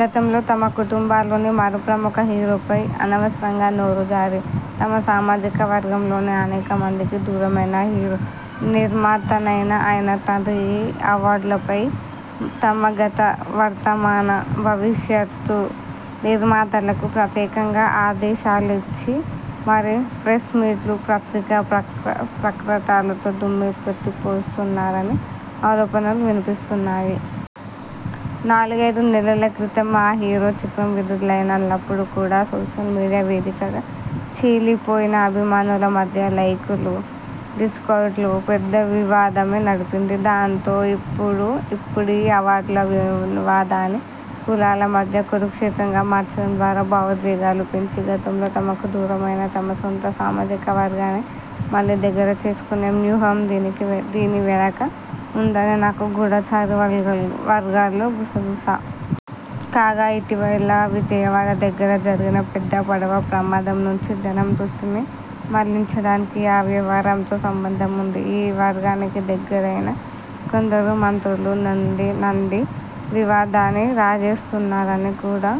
గతంలో తమ కుటుంబంలోని మరో ప్రముఖ హీరోపై అనవసరంగా నోరు జారి, తమ సామాజిక వర్గంలోనే అనేక మందికి దూరమైన హీరో, నిర్మాతనైన ఆయన తండ్రి ఈ అవార్డులపై తమ గత, వర్తమాన, భవిష్యత్ నిర్మాతలకు ప్రత్యేకంగా ఆదేశాలిచ్చి మరీ, ప్రెస్ మీట్లు, పత్రికా ప్రకటనలతో దుమ్మెత్తిపోయిస్తున్నారని ఆరోపణలు వినిపిస్తున్నాయి. నాలుగైదు నెలల క్రితం ఆ హీరో చిత్రం విడుదలైనప్పుడు కూడా సోషల్ మీడియా వేదికగా చీలిపోయిన అభిమానుల మధ్య లైకులు, డిస్లైకులతో పెద్ద వివాదమే నడిచింది. దాంతో, ఇప్పుడీ అవార్డుల వివాదాన్ని కులాల మధ్య కురుక్షేత్రంగా మార్చడం ద్వారా భావోద్వేగాలు పెంచి, గతంలో తమకు దూరమైన తమ సొంత సామాజిక వర్గాన్నే మళ్ళీ దగ్గర చేసుకొనే వ్యూహం దీని వెనుక ఉందని కూడా గూఢచారి వర్గాల్లో గుసగుస. కాగా, ఇటీవల విజయవాడ దగ్గర జరిగిన పెద్ద పడవ ప్రమాదం నుంచి జనం దృష్టిని మళ్ళించడానికి, ఆ వ్యవహారంతో సంబంధం ఉండి, ఈ వర్గానికి దగ్గరైన కొందరు మంత్రులు నంది వివాదాన్ని రాజేస్తున్నారని కూడా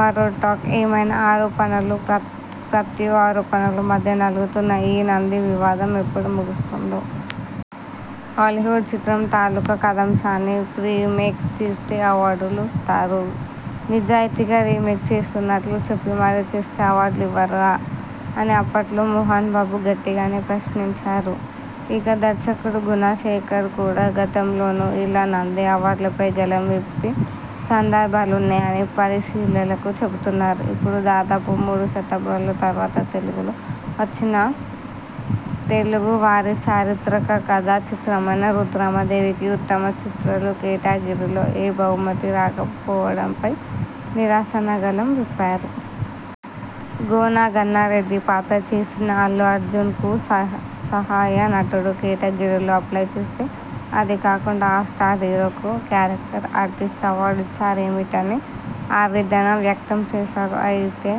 మరో టాక్. ఏమైనా, ఆరోపణలు, ప్రత్యారోపణల మధ్య నలుగుతున్న ఈ నంది వివాదం ఎప్పుడు ముగుస్తుందో? హాలీవుడ్ చిత్రం తాలూకు కథాంశాన్ని ఫ్రీమేక్గా తీస్తే అవార్డిస్తారు, నిజాయతీగా రీమేక్ తీస్తున్నట్లు చెప్పి మరీ చేస్తే అవార్డులివ్వరా అని అప్పట్లో మోహన్బాబు గట్టిగానే ప్రశ్నంచారు. ఇక, దర్శకుడు గుణశేఖర్ కూడా గతంలోనూ ఇలా నంది అవార్డులపై గళం విప్పిన సందర్భాలున్నాయని పరిశీలకులు చెబుతున్నారు. ఇప్పుడు దాదాపు మూడు దశాబ్దాల తరువాత తెలుగులో వచ్చిన తెలుగు వారి చారిత్రక కథాచిత్రమైన 'రుద్రమదేవి'కి ఉత్తమ చిత్రాల కేటగిరిలో ఏ బహుమతీ రాకపోవడంపై నిరసన గళం విప్పారు. 'గోన గన్నారెడ్డి' పాత్ర చేసిన అల్లు అర్జున్కు సహాయ నటుడు కేటగిరీలో అప్లై చేస్తే, అది కాకుండా ఆ స్టార్ హీరోకు క్యారెక్టర్ ఆర్టిస్ట్ అవార్డు ఇచ్చారేమిటని ఆవేదన వ్యక్తం చేశారు. అయితే,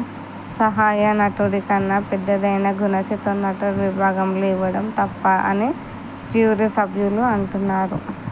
సహాయ నటుడి కన్నా పెద్దదైన గుణచిత్ర నటుడు విభాగంలో ఇవ్వడం త ప్పా అని జ్యూరీ సభ్యులు అంటున్నారు.